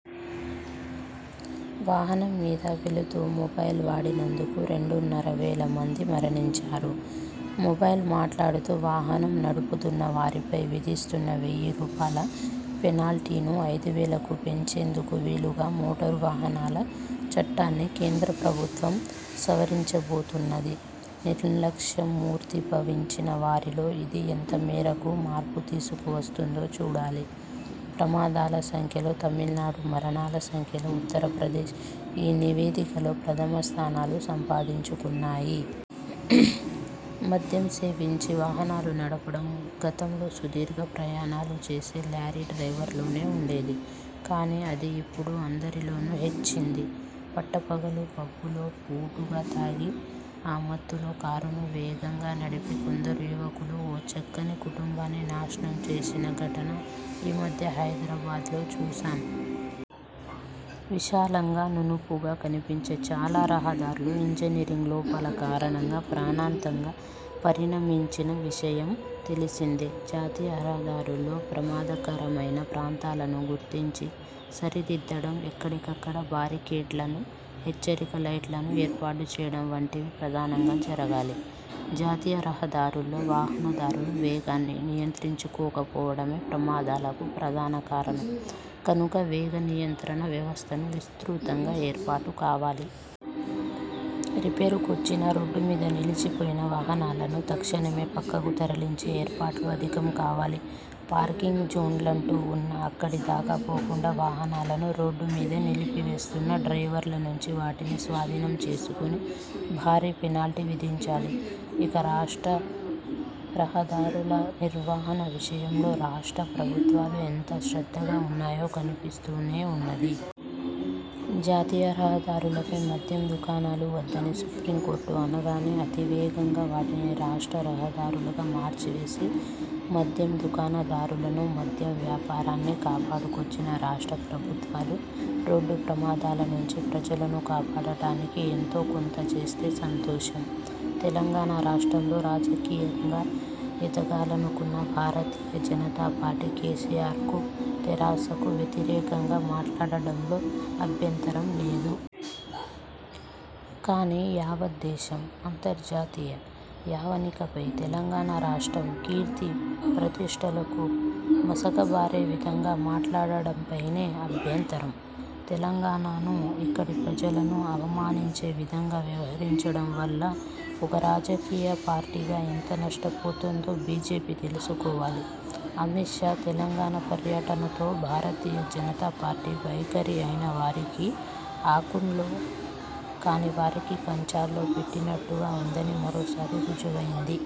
వాహనం మీద వెడుతూ మొబైల్ వాడినందున రెండున్నర వేలమంది మరణించారు. మొబైల్ మాట్లాడుతూ వాహనం నడుపుతున్న వారిపై విధిస్తున్న వెయ్యి రూపాయల పెనాల్టీని ఐదువేలకు పెంచేందుకు వీలుగా మోటారువాహనాల చట్టాన్ని కేంద్రప్రభుత్వం సవరించబోతున్నది. నిర్లక్ష్యం మూర్తీభవించిన వారిలో ఇది ఎంతమేరకు మార్పు తీసుకువస్తుందో చూడాలి. ప్రమాదాల సంఖ్యలో తమిళనాడు, మరణాల సంఖ్యలో ఉత్తర్ప్రదేశ్ ఈ నివేదికలో ప్రథమస్థానాలు సంపాదించుకున్నాయి. మద్యం సేవించి వాహనాలు నడపడం గతంలో సుదీర్ఘ ప్రయణాలు చేసే లారీ డ్రైవర్లలోనే ఉండేది. కానీ, అది ఇప్పుడు అందరిలోనూ హెచ్చింది. పట్టపగలు పబ్బులో పూటుగా తాగి, ఆ మత్తులో కారును వేగంగా నడిపి కొందరు యువకులు ఓ చక్కని కుటుంబాన్ని నాశనం చేసిన ఘటన ఈ మధ్య హైదరాబాద్లో చూశాం. విశాలంగా, నునుపుగా కనిపించే చాలా రహదారులు ఇంజనీరింగ్ లోపాల కారణంగా ప్రాణాంతంగా పరిణమించిన విషయం తెలిసిందే. జాతీయ రహదారుల్లో ప్రమాదకరమైన ప్రాంతాలను గుర్తించి సరిదిద్దడం, ఎక్కడికక్కడ బారికేడ్లను, హెచ్చరిక లైట్లను ఏర్పాటు చేయడం వంటివి ప్రధానంగా జరగాలి. జాతీయ రహదారుల్లో వాహనదారులు వేగాన్ని నియంత్రించుకోకపోవడమే ప్రమాదాలకు ప్రధాన కారణం కనుక వేగనియంత్రణ వ్యవస్థలు విస్తృతంగా ఏర్పాటు కావాలి. రిపేరుకొచ్చి రోడ్డుమీద నిలిచిపోయిన వాహనాలను తక్షణమే పక్కకు తరలించే ఏర్పాట్లు అధికం కావాలి. పార్కింగ్ జోన్లంటూ ఉన్నా అక్కడిదాకా పోకుండా వాహనాలను రోడ్డుమీదే నిలిపివేస్తున్న డ్రైవర్ల నుంచి వాటిని స్వాధీనం చేసుకొని, భారీ పెనాల్టీ విధించాలి. ఇక, రాష్ట్ర రహదారుల నిర్వహణ విషయంలో రాష్ట్ర ప్రభుత్వాలు ఎంత శ్రద్ధగా ఉన్నాయో కనిపిస్తూనే ఉన్నది. జాతీయ రహదారులపై మద్యం దుకాణాలు వద్దని సుప్రీంకోర్టు అనగానే, అతివేగంగా వాటిని రాష్ట్ర రహదారులుగా మార్చివేసి మద్యం దుకాణదారులను, మద్యం వ్యాపారాన్నీ కాపాడుకొచ్చిన రాష్ట్ర ప్రభుత్వాలు రోడ్డుప్రమాదాలనుంచి ప్రజలను కాపాడటానికి ఎంతోకొంత చేస్తే సంతోషం. తెలంగాణ రాష్ట్రంలో రాజకీయంగా ఎదగాలనుకున్న భారతీయ జనతా పార్టీ కేసీఆర్కు, తెరాసకు వ్యతిరేకంగా మాట్లాడడంలో అభ్యంతరం లేదు. కానీ, యావత్ దేశం, అంతర్జాతీయ యవనికపై తెలంగాణ రాష్ట్రం కీర్తి ప్రతిష్టలకు మసకబారే విధంగా మాట్లాడటంపైనే అభ్యంతరం. తెలంగాణను, ఇక్కడి ప్రజలను అవమానించే విధంగా వ్యవహరించడం వల్ల ఒక రాజకీయ పార్టీగా ఎంత నష్టపోతుందో బీజేపీ తెలుసుకోవాలి. అమిత్ షా తెలంగాణ పర్యటనతో భారతీయ జనతా పార్టీ వైఖరి అయినవారికి ఆకుల్లో, కానివారికి కంచాల్లో పెట్టినట్టుగా ఉందని మరోసారి రుజువయింది.